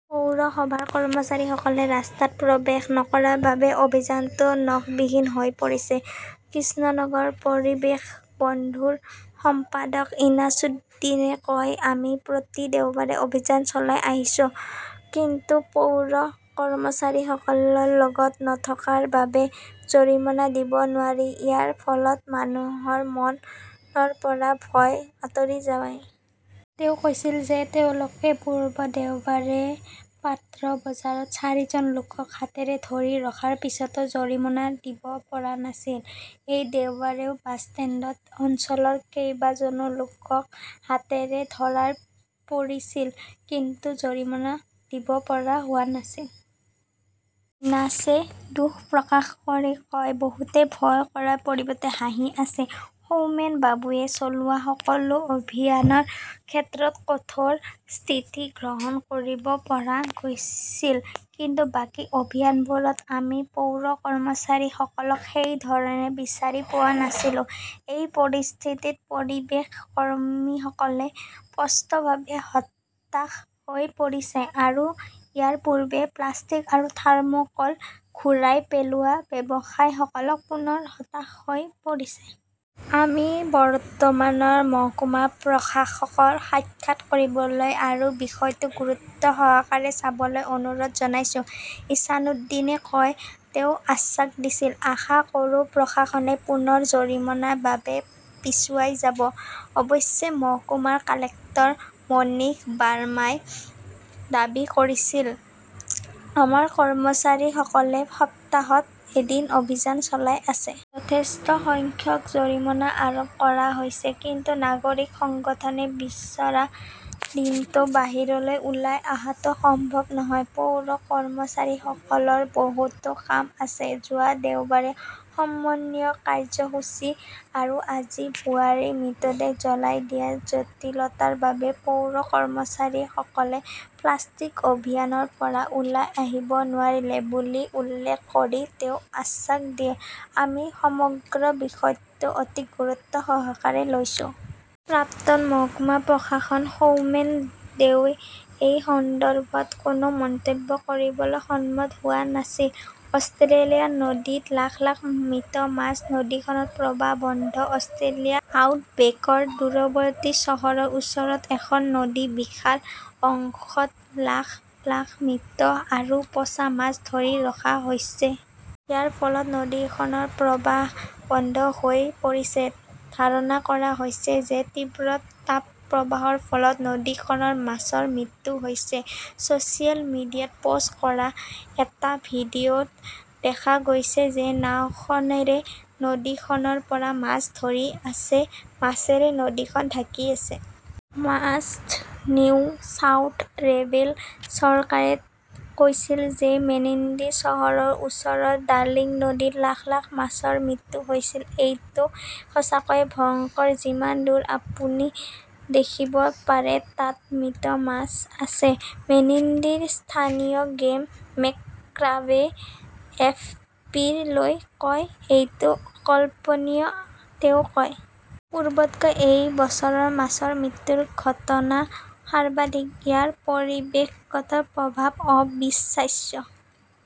পৌৰসভাৰ কৰ্মচাৰীসকলে ৰাস্তাত প্ৰৱেশ নকৰাৰ বাবে অভিযানটো নখবিহীন হৈ পৰিছে। কৃষ্ণনগৰ পৰিৱেশ বন্ধুৰ সম্পাদক ইনাছুদ্দীনে কয়, আমি প্ৰতি দেওবাৰে অভিযান চলাই আহিছো। কিন্তু পৌৰ কৰ্মচাৰীসকল লগত নথকাৰ বাবে জৰিমনা দিব নোৱাৰি। ইয়াৰ ফলত মানুহৰ মনৰ পৰা ভয় আঁতৰি যায়। তেওঁ কৈছিল যে, তেওঁলোকে পূৰ্বৰ দেওবাৰে পাত্ৰ বজাৰত চাৰিজন লোকক হাতেৰে ধৰি ৰখাৰ পিছতো জৰিমনা দিব পৰা নাছিল। এই দেওবাৰেও বাছষ্টেণ্ড অঞ্চলত কেইবাজনো লোকক হাতেৰে ধৰা পৰিছিল কিন্তু জৰিমনা দিব পৰা হোৱা নাছিল। ইনাছে দুখ প্ৰকাশ কৰি কয়, বহুতে ভয় কৰাৰ পৰিৱৰ্তে হাঁহি আছে। সৌমেনবাবুৱে চলোৱা সকলো অভিযানৰ ক্ষেত্ৰত কঠোৰ স্থিতি গ্ৰহণ কৰিব পৰা গৈছিল, কিন্তু বাকী অভিযানবোৰত আমি পৌৰ কৰ্মচাৰীসকলক সেই ধৰণে বিচাৰি পোৱা নাছিলো। এই পৰিস্থিতিত পৰিৱেশ কৰ্মীসকল স্পষ্টভাৱে হতাশ হৈ পৰিছে আৰু ইয়াৰ পূৰ্বে প্লাষ্টিক আৰু থাৰ্মোকোল ঘূৰাই পেলোৱা ব্যৱসায়ীসকল পুনৰ হতাশ হৈ পৰিছে। আমি বৰ্তমানৰ মহকুমা প্ৰশাসকক সাক্ষাৎ কৰিবলৈ আৰু বিষয়টো গুৰুত্বসহকাৰে চাবলৈ অনুৰোধ জনাইছো। ইনাছুদ্দীনে কয় ,তেওঁ আশ্বাস দিছিল। আশা কৰোঁ প্ৰশাসনে পুনৰ জৰিমনাৰ বাবে পিছুৱাই যাব। অৱশ্যে, মহকুমা কালেক্টৰ মনীষ বাৰ্মাই দাবী কৰিছিল আমাৰ কৰ্মচাৰীসকলে সপ্তাহত এদিন অভিযান চলাই আছে। যথেষ্ট সংখ্যক জৰিমনা আৰোপ কৰা হৈছে, কিন্তু নাগৰিক সংগঠনে বিচৰা দিনটো বাহিৰলৈ ওলাই অহাটো সম্ভৱ নহয় পৌৰ কৰ্মচাৰীসকলৰ বহুতো কাম আছে। যোৱা দেওবাৰে সমন্বয় কাৰ্যসূচী আৰু আজি বোৱাৰীৰ মৃতদেহ জ্বলাই দিয়াৰ জটিলতাৰ বাবে পৌৰ কৰ্মচাৰীসকলে প্লাষ্টিক অভিযানৰ পৰা ওলাই আহিব নোৱাৰিলে বুলি উল্লেখ কৰি তেওঁ আশ্বাস দিয়ে, আমি সমগ্ৰ বিষয়টো অতি গুৰুত্বসহকাৰে লৈছো। প্ৰাক্তন মহকুমা প্ৰশাসক সৌমেন দেওৱে এই সন্দৰ্ভত কোনো মন্তব্য কৰিবলৈ সন্মত হোৱা নাছিল। অষ্ট্ৰেলিয়াৰ নদীত লাখ -লাখ মৃত মাছ, নদীখনৰ প্ৰবাহ বন্ধ অষ্ট্ৰেলিয়াৰ আউটবেকৰ দূৰৱৰ্তী চহৰৰ ওচৰৰ এখন নদীৰ বিশাল অংশত লাখ -লাখ মৃত আৰু পচা মাছ ধৰি ৰখা হৈছে। ইয়াৰ ফলত নদীখনৰ প্ৰবাহ বন্ধ হৈ পৰিছে। ধাৰণা কৰা হৈছে যে তীব্ৰ তাপপ্ৰবাহৰ ফলত নদীখনৰ মাছৰ মৃত্যু হৈছে। ছচিয়েল মিডিয়াত পোষ্ট কৰা এটা ভিডিঅ' ত দেখা গৈছে যে নাওখনেৰে নদীখনৰ পৰা মাছ ধৰি আছে, মাছৰে নদীখন ঢাকি আছে। মাৰ্চত নিউ চাউথ ট্ৰেভেল চৰকাৰে কৈছিল যে মেনিণ্ডি চহৰৰ ওচৰৰ ডাৰ্লিং নদীত লাখ- লাখ মাছৰ মৃত্যু হৈছিল। এইটো সঁচাকৈয়ে ভয়ংকৰ যিমান দূৰ আপুনি দেখিব পাৰে তাত মৃত মাছ আছে। মেনিণ্ডিৰ স্থানীয় গ্ৰেম মেকক্ৰাবে এফপিলৈ কয়, এইটো অকল্পনীয় তেওঁ কয়। পূৰ্বতকৈ এই বছৰ মাছৰ মৃত্যুৰ ঘটনা সৰ্বাধিক। ইয়াৰ পৰিৱেশগত প্ৰভাৱ অবিশ্বাস্য।